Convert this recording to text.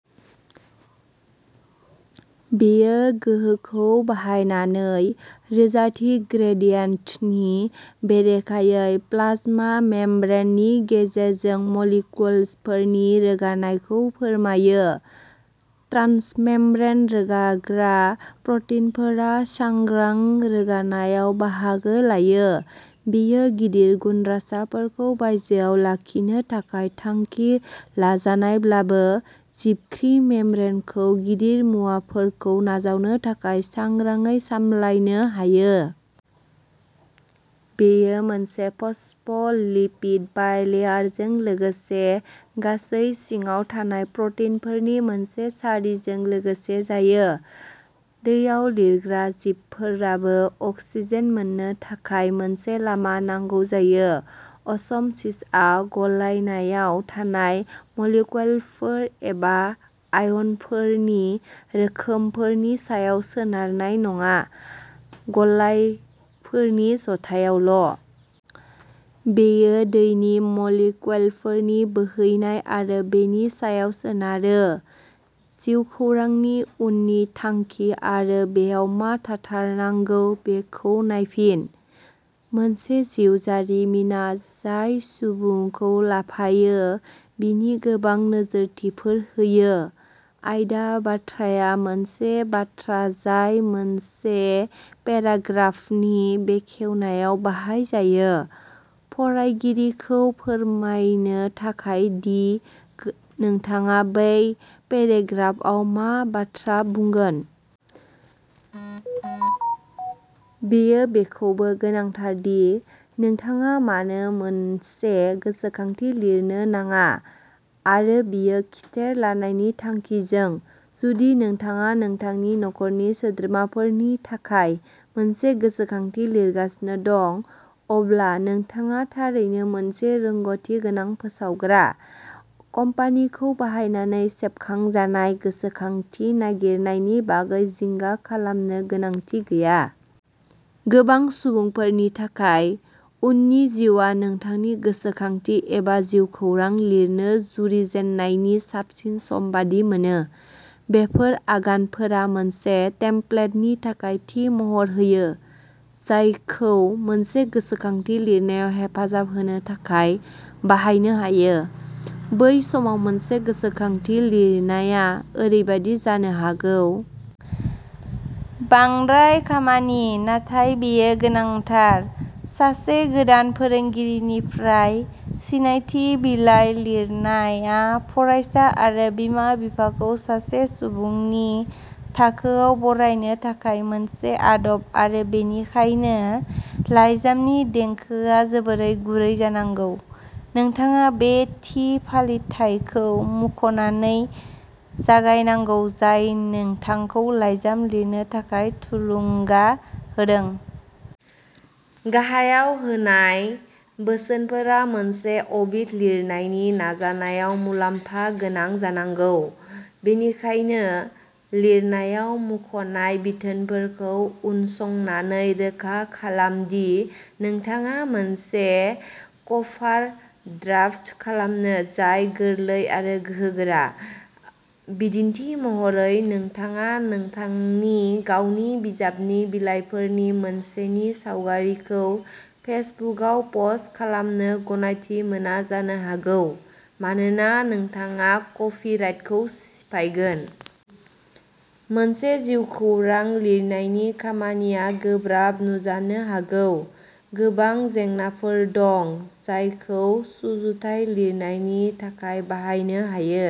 बेयो गोहोखौ बाहायनानै रोजाथि ग्रेडियेंटनि बेरेखायै प्लाज्मा मेम्ब्रेननि गेजेरजों मलिक्युलफोरनि रोगानायखौ फोरमायो। ट्रान्समेम्ब्रेन रोगाग्रा प्र'टिनफोरा सांग्रां रोगानायाव बाहागो लायो। बेयो गिदिर गुनद्रासाफोरखौ बायजोआव लाखिनो थाखाय थांखि लाजानायब्लाबो, जिबख्रि मेम्ब्रेनखौ गिदिर मुवाफोरखौ नाजावनो थाखाय सांग्राङै सामलायनो हायो। बेयो मोनसे फस्फ'लिपिड बाइलेयारजों लोगोसे गासै सिङाव थानाय प्र'टिनफोरनि मोनसे सारिजों लोगोसे जायो। दैयाव लिरग्रा जिबफोराबो अक्सिजेन मोन्नो थाखाय मोनसे लामा नांगौ जायो। असम'सिसआ गलायनायाव थानाय मलिक्युलफोर एबा आयनफोरनि रोखोमफोरनि सायाव सोनारनाय नङा, गलायफोरनि जथायावल'। बेयो दैनि मलिक्युलफोरनि बोहैनाय आरो बेनि सायाव सोनारो। जिउखौरांनि उननि थांखि आरो बेयाव मा थाथारनांगौ बेखौ नायफिन। मोनसे जिउ जारिमिना जाय सुबुंखौ लाफायो बिनि गोबां नोजोरथिफोर होयो। आयदा बाथ्राआ मोनसे बाथ्रा जाय मोनसे पेराग्राफानि बेखेवनायाव बाहाय जायो, फरायगिरिखौ फोरमायनो थाखाय दि नोंथाङा बै पेराग्राफआव मा बाथ्रा बुंगोन। बेयो बेखौबो गोनांथार दि नोंथाङा मानो मोनसे गोसोखांथि लिरनो नाङा आरो बेयो खिथेर लानायनि थांखिजों। जुदि नोंथाङा नोंथांनि नखरनि सोद्रोमाफोरनि थाखाय मोनसे गोसोखांथि लिरगासिनो दं, अब्ला नोंथाङा थारैनो मोनसे रोंग'थि गोनां फोसावग्रा कम्पानिखौ बाहायनानै सेबखांजानाय गोसोखांथि नागिरनायनि बागै जिंगा खालामनो गोनांथि गैया। गोबां सुबुंफोरनि थाखाय, उननि जिउआ नोंथांनि गोसोखांथि एबा जिउखौरां लिरनो जुरिजेननायनि साबसिन सम बायदि मोनो। बेफोर आगानफोरा मोनसे टेमप्लेटनि थाखाय थि महर होयो, जायखौ मोनसे गोसोखांथि लिरनायाव हेफाजाब होनो थाखाय बाहायनो हायो। बै समाव मोनसे गोसोखांथि लिरनाया ओरैबायदि जानो हागौ। बांद्राय खामानि, नाथाय बेयो गोनांथार। सासे गोदान फोरोंगिरिनिफ्राय सिनायथि बिलाय लिरनाया फरायसा आरो बिमा-बिफाखौ सासे सुबुंनि थाखोयाव बरायनो थाखाय मोनसे आदब आरो बेनिखायनो, लाइजामनि देंखोआ जोबोद गुरै जानांगौ। नोंथाङा बे थि फालिथायखौ मुंख'नानै जागायनांगौ जाय नोंथांखौ लाइजाम लिरनो थाखाय थुलुंगा होदों। गाहायाव होनाय बोसोनफोरा मोनसे अबिट लिरनायनि नाजानायाव मुलाम्फा गोनां जानांगौ। बेनिखायनो, लिरनायाव मुंख'नाय बिथोनफोरखौ उनसंनानै रोखा खालाम दि नोंथाङा मोनसे कभार ड्राफ्ट खालामो जाय गोरलै आरो गोहोगोरा। बिदिन्थि महरै, नोंथाङा नोंथांनि गावनि बिजाबनि बिलाइफोरनि मोनसेनि सावगारिखौ फेसबुकआव पस्ट खालामनो गनायथि मोना जानो हागौ, मानोना नोंथाङा कपिराइटखौ सिफायगोन। मोनसे जिउखौरां लिरनायनि खामानिया गोब्राब नुजानो हागौ। गोबां जेंनाफोर दं जायखौ सुजुथाय लिरनायनि थाखाय बाहायनो हायो।